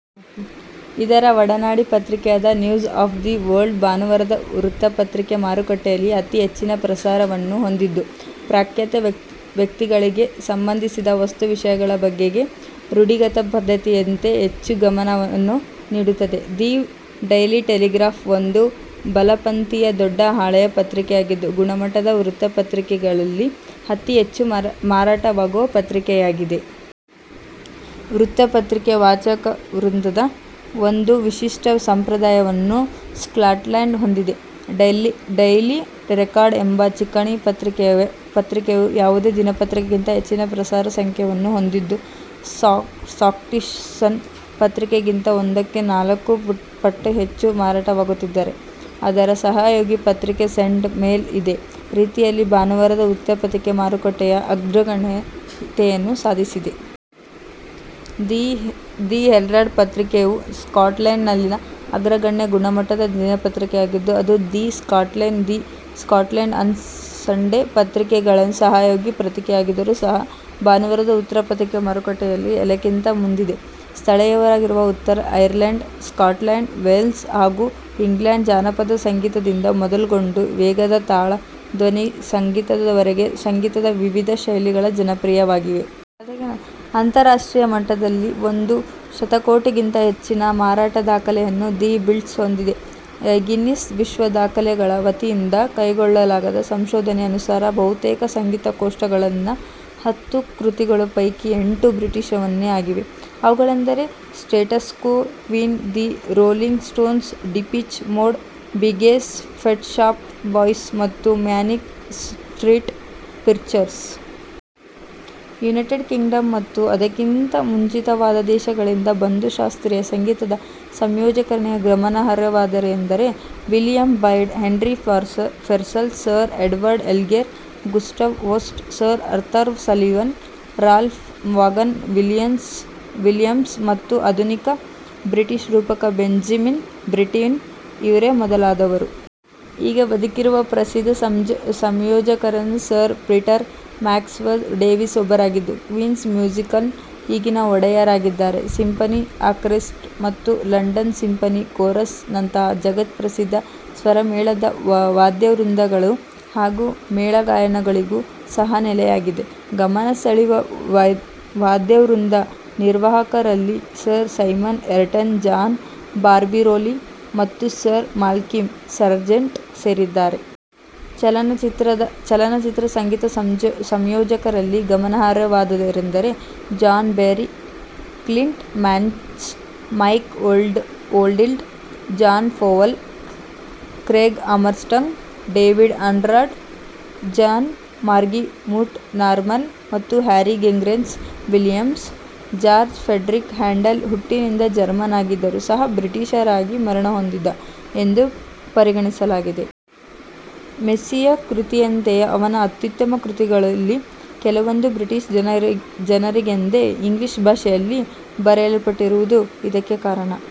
ಇದರ ಒಡನಾಡಿ ಪತ್ರಿಕೆಯಾದ, ನ್ಯೂಸ್ ಆಫ್ ದಿ ವರ್ಲ್ಡ್ ಭಾನುವಾರದ ವೃತ್ತಪತ್ರಿಕೆ ಮಾರುಕಟ್ಟೆಯಲ್ಲಿ ಅತಿ ಹೆಚ್ಚಿನ ಪ್ರಸರಣವನ್ನು ಹೊಂದಿದ್ದು, ಪ್ರಖ್ಯಾತ ವ್ಯಕ್ತಿಗಳಿಗೆ ಸಂಬಂಧಿಸಿದ ವಸ್ತು-ವಿಷಯಗಳ ಬಗೆಗೆ ರೂಢಿಗತ ಪದ್ಧತಿಯಂತೆ ಹೆಚ್ಚು ಗಮನವನ್ನು ನೀಡುತ್ತದೆ. ದಿ ಡೈಲಿ ಟೆಲಿಗ್ರಾಫ್ ಒಂದು ಬಲಪಂಥೀಯ ದೊಡ್ಡಹಾಳೆಯ ಪತ್ರಿಕೆಯಾಗಿದ್ದು, "ಗುಣಮಟ್ಟದ" ವೃತ್ತಪತ್ರಿಕೆಗಳಲ್ಲಿ ಅತಿ ಹೆಚ್ಚು ಮಾರಾಟವಾಗುವ ಪತ್ರಿಕೆಯಾಗಿದೆ. ವೃತ್ತಪತ್ರಿಕೆಯ ವಾಚಕವೃಂದದ ಒಂದು ವಿಶಿಷ್ಟ ಸಂಪ್ರದಾಯವನ್ನು ಸ್ಕಾಟ್ಲೆಂಡ್ ಹೊಂದಿದೆ. ಡೈಲಿ ರೆಕಾರ್ಡ್ ಎಂಬ ಚಿಕಣಿ-ಪತ್ರಿಕೆಯು ಯಾವುದೇ ದಿನಪತ್ರಿಕೆಗಿಂತ ಹೆಚ್ಚಿನ ಪ್ರಸಾರ ಸಂಖ್ಯೆಯನ್ನು ಹೊಂದಿದ್ದು, ಸ್ಕಾಟಿಷ್ ಸನ್ ಪತ್ರಿಕೆಗಿಂತ ಒಂದಕ್ಕೆ ನಾಲ್ಕು ಪಟ್ಟು ಹೆಚ್ಚು ಮಾರಾಟವಾಗುತ್ತಿದ್ದರೆ, ಅದರ ಸಹಯೋಗಿ ಪತ್ರಿಕೆ ಸಂಡೆ ಮೇಲ್ ಇದೇ ರೀತಿಯಲ್ಲಿ ಭಾನುವಾರದ ವೃತ್ತಪತ್ರಿಕೆ ಮಾರುಕಟ್ಟೆಯಲ್ಲಿ ಅಗ್ರಗಣ್ಯತೆಯನ್ನು ಸಾಧಿಸಿದೆ. ದಿ ಹೆರಾಲ್ಡ್ ಪತ್ರಿಕೆಯು ಸ್ಕಾಟ್ಲೆಂಡ್ನಲ್ಲಿನ ಅಗ್ರಗಣ್ಯ "ಗುಣಮಟ್ಟದ" ದಿನಪತ್ರಿಕೆಯಾಗಿದ್ದು, ಅದು the Scotsman, the Scotland on Sunday ಪತ್ರಿಕೆಗಳ ಸಹಯೋಗಿ ಪತ್ರಿಕೆಯಾಗಿದ್ದರೂ ಸಹ, ಭಾನುವಾರದ ವೃತ್ತಪತ್ರಿಕೆ ಮಾರುಕಟ್ಟೆಯಲ್ಲಿ ಎಲ್ಲಕ್ಕಿಂತ ಮುಂದಿದೆ. ಸ್ಥಳೀಯವಾಗಿರುವ, ಉತ್ತರ ಐರ್ಲೆಂಡ್, ಸ್ಕಾಟ್ಲೆಂಡ್, ವೇಲ್ಸ್ ಹಾಗೂ ಇಂಗ್ಲೆಂಡ್ನ ಜಾನಪದ ಸಂಗೀತ ದಿಂದ ಮೊದಲ್ಗೊಂಡು ವೇಗದ ತಾಳ-ಧ್ವನಿಯ ಸಂಗೀತ ದವರೆಗಿನ ಸಂಗೀತದ ವಿವಿಧ ಶೈಲಿಗಳು ಜನಪ್ರಿಯವಾಗಿವೆ. ಅಂತರರಾಷ್ಟ್ರೀಯ ಮಟ್ಟದಲ್ಲಿ ಒಂದು ಶತಕೋಟಿಗಿಂತಲೂ ಹೆಚ್ಚಿನ ಮಾರಾಟ ದಾಖಲೆಯನ್ನು ದಿ ಬೀಟಲ್ಸ್ ಹೊಂದಿವೆ. ಗಿನ್ನೆಸ್ ವಿಶ್ವ ದಾಖಲೆ ಗಳ ವತಿಯಿಂದ ಕೈಗೊಳ್ಳಲಾದ ಸಂಶೋಧನೆಯ ಅನುಸಾರ, ಬಹುತೇಕ ಸಂಗೀತ ಕೋಷ್ಟಕಗಳಲ್ಲಿನ ಹತ್ತು ಕೃತಿಗಳ ಪೈಕಿ ಎಂಟು ಬ್ರಿಟಿಷ್ನವೇ ಆಗಿವೆ. ಅವುಗಳೆಂದರೆ, Status Quo, Queen, the Rolling Stones, Depeche Mode, Bee Gees, Pet Shop Boys ಮತ್ತು Manic Street Preachers. United Kingdom ಮತ್ತು ಅದಕ್ಕಿಂತ ಮುಂಚಿತವಾಗಿದ್ದ ದೇಶಗಳಿಂದ ಬಂದ ಶಾಸ್ತ್ರೀಯ ಸಂಗೀತದ ಸಂಯೋಜಕರಲ್ಲಿ ಗಮನಾರ್ಹವಾದವರೆಂದರೆ, William Byrd, Henry Purcell, Sir Edward Elgar, Gustav Holst, Sir Arthur Sullivan, Ralph Vaughan Williams ಮತ್ತು ಆಧುನಿಕ ಬ್ರಿಟಿಷ್ ರೂಪಕ ಬೆಂಜಮಿನ್ ಬ್ರಿಟ್ಟನ್ ಇವರೇ ಮೊದಲಾದವರು. ಈಗ ಬದುಕಿರುವ ಪ್ರಸಿದ್ಧ ಸಂಯೋಜಕರಲ್ಲಿ ಸರ್ ಪೀಟರ್ ಮ್ಯಾಕ್ಸ್ವೆಲ್ ಡೇವಿಸ್ ಒಬ್ಬರಾಗಿದ್ದು, ಕ್ವೀನ್ಸ್ ಮ್ಯೂಸಿಕ್ನ ಈಗಿನ ಒಡೆಯ ರಾಗಿದ್ದಾರೆ. ಸಿಂಫನಿ ಆರ್ಕೇಸ್ಟ್ರ ಮತ್ತು ಲಂಡನ್ ಸಿಂಫನಿ ಕೋರಸ್ ನಂತಹ ಜಗತ್ ಪ್ರಸಿದ್ಧ ಸ್ವರಮೇಳದ ವಾದ್ಯವೃಂದಗಳು ಹಾಗೂ ಮೇಳಗಾಯನಗಳಿಗೂ ಸಹ ನೆಲೆಯಾಗಿದೆ. ಗಮನ ಸೆಳೆಯುವ ವಾದ್ಯವೃಂದ ನಿರ್ವಾಹಕ ರಲ್ಲಿ Sir Simon Rattle, John Barbirolli ಮತ್ತು ಸರ್ ಮಾಲ್ಕಮ್ ಸಾರ್ಜೆಂಟ್ ಸೇರಿದ್ದಾರೆ. ಚಲನಚಿತ್ರ ಸಂಗೀತ ಸಂಯೋಜಕ ರಲ್ಲಿ ಗಮನಾರ್ಹವಾದವರೆಂದರೆ, John Barry, Clint Mansell, Mike Oldfield, John Powell, Craig Armstrong, David Arnold, John Murphy, Monty Norman ಮತ್ತು Harry Gregson Williams. George Frideric Handel ಹುಟ್ಟಿನಿಂದ ಜರ್ಮನ್ ಆಗಿದ್ದರೂ ಸಹ ಬ್ರಿಟಿಷ್ ಆಗಿ ಮರಣಹೊಂದಿದ ಎಂದು ಪರಿಗಣಿಸಲಾಗಿದೆ. ಮೆಸಿಯಾ ಕೃತಿಯಂತೆಯೇ ಅವನ ಅತ್ಯುತ್ತಮ ಕೃತಿಗಳಲ್ಲಿ ಕೆಲವೊಂದು ಬ್ರಿಟಿಷ್ ಜನ ರಿಗೆಂದೇ ಇಂಗ್ಲಿಷ್ ಭಾಷೆ ಯಲ್ಲಿ ಬರೆಯಲ್ಪಟ್ಟಿರುವುದೇ ಇದಕ್ಕೆ ಕಾರಣ.